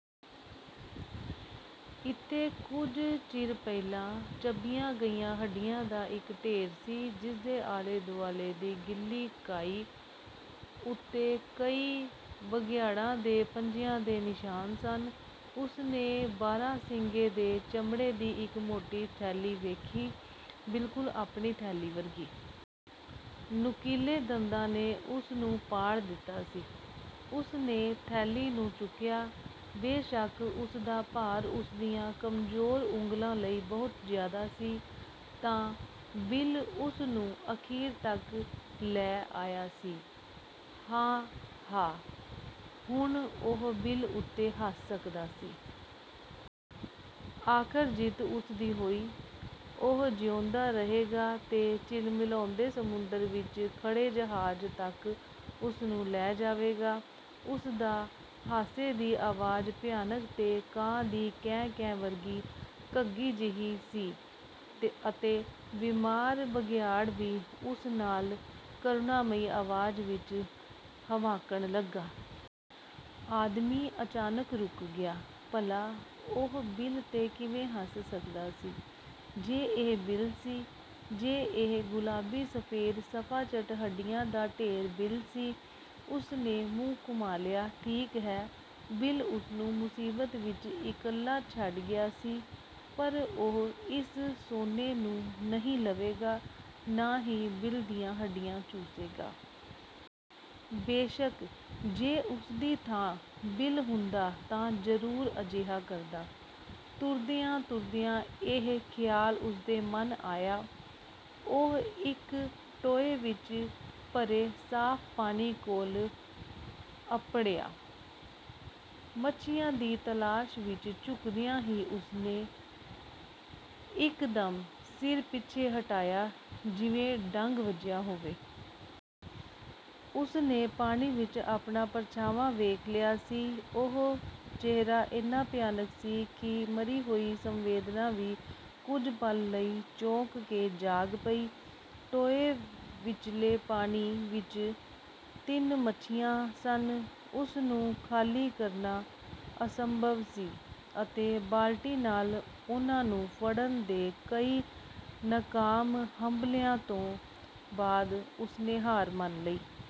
ਇੱਥੇ ਕੁੱਝ ਚਿਰ ਪਹਿਲਾਂ ਚੱਬੀਆਂ ਗਈਆਂ ਹੱਡੀਆਂ ਦਾ ਇੱਕ ਢੇਰ ਸੀ, ਜਿਸਦੇ ਆਲ਼ੇ-ਦੁਆਲ਼ੇ ਦੀ ਗਿੱਲੀ ਕਾਈ ਉੱਤੇ ਕਈ ਬਘਿਆੜਾਂ ਦੇ ਪੰਜਿਆਂ ਦੇ ਨਿਸ਼ਾਨ ਸਨ। ਉਸਨੇ ਬਾਰਾਂਸਿੰਗੇ ਦੇ ਚਮੜੇ ਦੀ ਇੱਕ ਮੋਟੀ ਥੈਲੀ ਵੇਖੀ, ਬਿਲਕੁਲ ਆਪਣੀ ਥੈਲੀ ਵਰਗੀ। ਨੁਕੀਲੇ ਦੰਦਾਂ ਨੇ ਉਸਨੂੰ ਪਾੜ ਦਿੱਤਾ ਸੀ। ਉਸਨੇ ਥੈਲੀ ਨੂੰ ਚੁੱਕਿਆ, ਬੇਸ਼ੱਕ ਉਸਦਾ ਭਾਰ ਉਸਦੀਆਂ ਕਮਜ਼ੋਰ ਉਂਗਲ਼ਾਂ ਲਈ ਬਹੁਤ ਜ਼ਿਆਦਾ ਸੀ। ਤਾਂ ਬਿਲ ਇਸਨੂੰ ਅਖੀਰ ਤੱਕ ਲੈ ਆਇਆ ਸੀ। ਹਾ! ਹਾ! ਹੁਣ ਉਹ ਬਿਲ ਉੱਤੇ ਹੱਸ ਸਕਦਾ ਸੀ। ਆਖ਼ਰ ਜਿੱਤ ਉਸਦੀ ਹੋਈ। ਉਹ ਜਿਉਂਦਾ ਰਹੇਗਾ ਤੇ ਝਿਲਮਿਲਾਉਂਦੇ ਸਮੁੰਦਰ ਵਿੱਚ ਖੜੇ ਜਹਾਜ਼ ਤੱਕ ਇਸਨੂੰ ਲੈ ਜਾਵੇਗਾ। ਉਸਦਾ ਹਾਸੇ ਦੀ ਅਵਾਜ਼ ਭਿਆਨਕ ਤੇ ਕਾਂ ਦੀ ਕੈਂ-ਕੈਂ ਵਰਗੀ ਘੱਗੀ ਜਿਹੀ ਸੀ ਅਤੇ ਬਿਮਾਰ ਬਘਿਆੜ ਵੀ ਉਸ ਨਾਲ਼ ਕਰੁਣਾਮਈ ਅਵਾਜ਼ ਵਿੱਚ ਹਵਾਂਕਣ ਲੱਗਾ। ਆਦਮੀ ਅਚਾਨਕ ਰੁਕ ਗਿਆ। ਭਲਾ ਉਹ ਬਿਲ 'ਤੇ ਕਿਵੇਂ ਹੱਸ ਸਕਦਾ ਸੀ, ਜੇ ਇਹ ਬਿਲ ਸੀ; ਜੇ ਇਹ ਗੁਲਾਬੀ ਸਫੇਦ, ਸਫਾਚੱਟ ਹੱਡੀਆਂ ਦਾ ਢੇਰ ਬਿਲ ਸੀ? ਉਸਨੇ ਮੂੰਹ ਘੁਮਾ ਲਿਆ। ਠੀਕ ਹੈ, ਬਿਲ ਉਸਨੂੰ ਮੁਸੀਬਤ ਵਿੱਚ ਇਕੱਲਾ ਛੱਡ ਗਿਆ ਸੀ ਪਰ ਉਹ ਇਸ ਸੋਨੇ ਨੂੰ ਨਹੀਂ ਲਵੇਗਾ, ਨਾ ਹੀ ਬਿਲ ਦੀਆਂ ਹੱਡੀਆਂ ਚੂਸੇਗਾ। ਬੇਸ਼ੱਕ, ਜੇ ਉਸਦੀ ਥਾਂ ਬਿਲ ਹੁੰਦਾ ਤਾਂ ਜਰੂਰ ਅਜਿਹਾ ਕਰਦਾ, ਤੁਰਦਿਆਂ-ਤੁਰਦਿਆਂ ਇਹ ਖਿਆਲ ਉਸਦੇ ਮਨ ਆਇਆ। ਉਹ ਇੱਕ ਟੋਏ ਵਿੱਚ ਭਰੇ ਸਾਫ਼ ਪਾਣੀ ਕੋਲ਼ ਅੱਪੜਿਆ। ਮੱਛੀਆਂ ਦੀ ਤਲਾਸ਼ ਵਿੱਚ ਝੁਕਦਿਆਂ ਹੀ ਉਸਨੇ ਇੱਕਦਮ ਸਿਰ ਪਿੱਛੇ ਹਟਾਇਆ, ਜਿਵੇਂ ਡੰਗ ਵੱਜਿਆ ਹੋਵੇ। ਉਸਨੇ ਪਾਣੀ ਵਿੱਚ ਆਪਣਾ ਪਰਛਾਵਾਂ ਵੇਖ ਲਿਆ ਸੀ। ਉਹ ਚਿਹਰਾ ਇੰਨਾ ਭਿਆਨਕ ਸੀ ਕਿ ਮਰੀ ਹੋਈ ਸੰਵੇਦਨਾ ਵੀ ਕੁੱਝ ਪਲ ਲਈ ਚੌਂਕ ਕੇ ਜਾਗ ਪਈ। ਟੋਏ ਵਿਚਲੇ ਪਾਣੀ ਵਿੱਚ ਤਿੰਨ ਮੱਛੀਆਂ ਸਨ। ਉਸਨੂੰ ਖਾਲੀ ਕਰਨਾ ਅਸੰਭਵ ਸੀ ਅਤੇ ਬਾਲਟੀ ਨਾਲ਼ ਉਨ੍ਹਾਂ ਨੂੰ ਫੜਨ ਦੇ ਕਈ ਨਕਾਮ ਹੰਭਲ਼ਿਆਂ ਤੋਂ ਬਾਅਦ ਉਸਨੇ ਹਾਰ ਮੰਨ ਲਈ।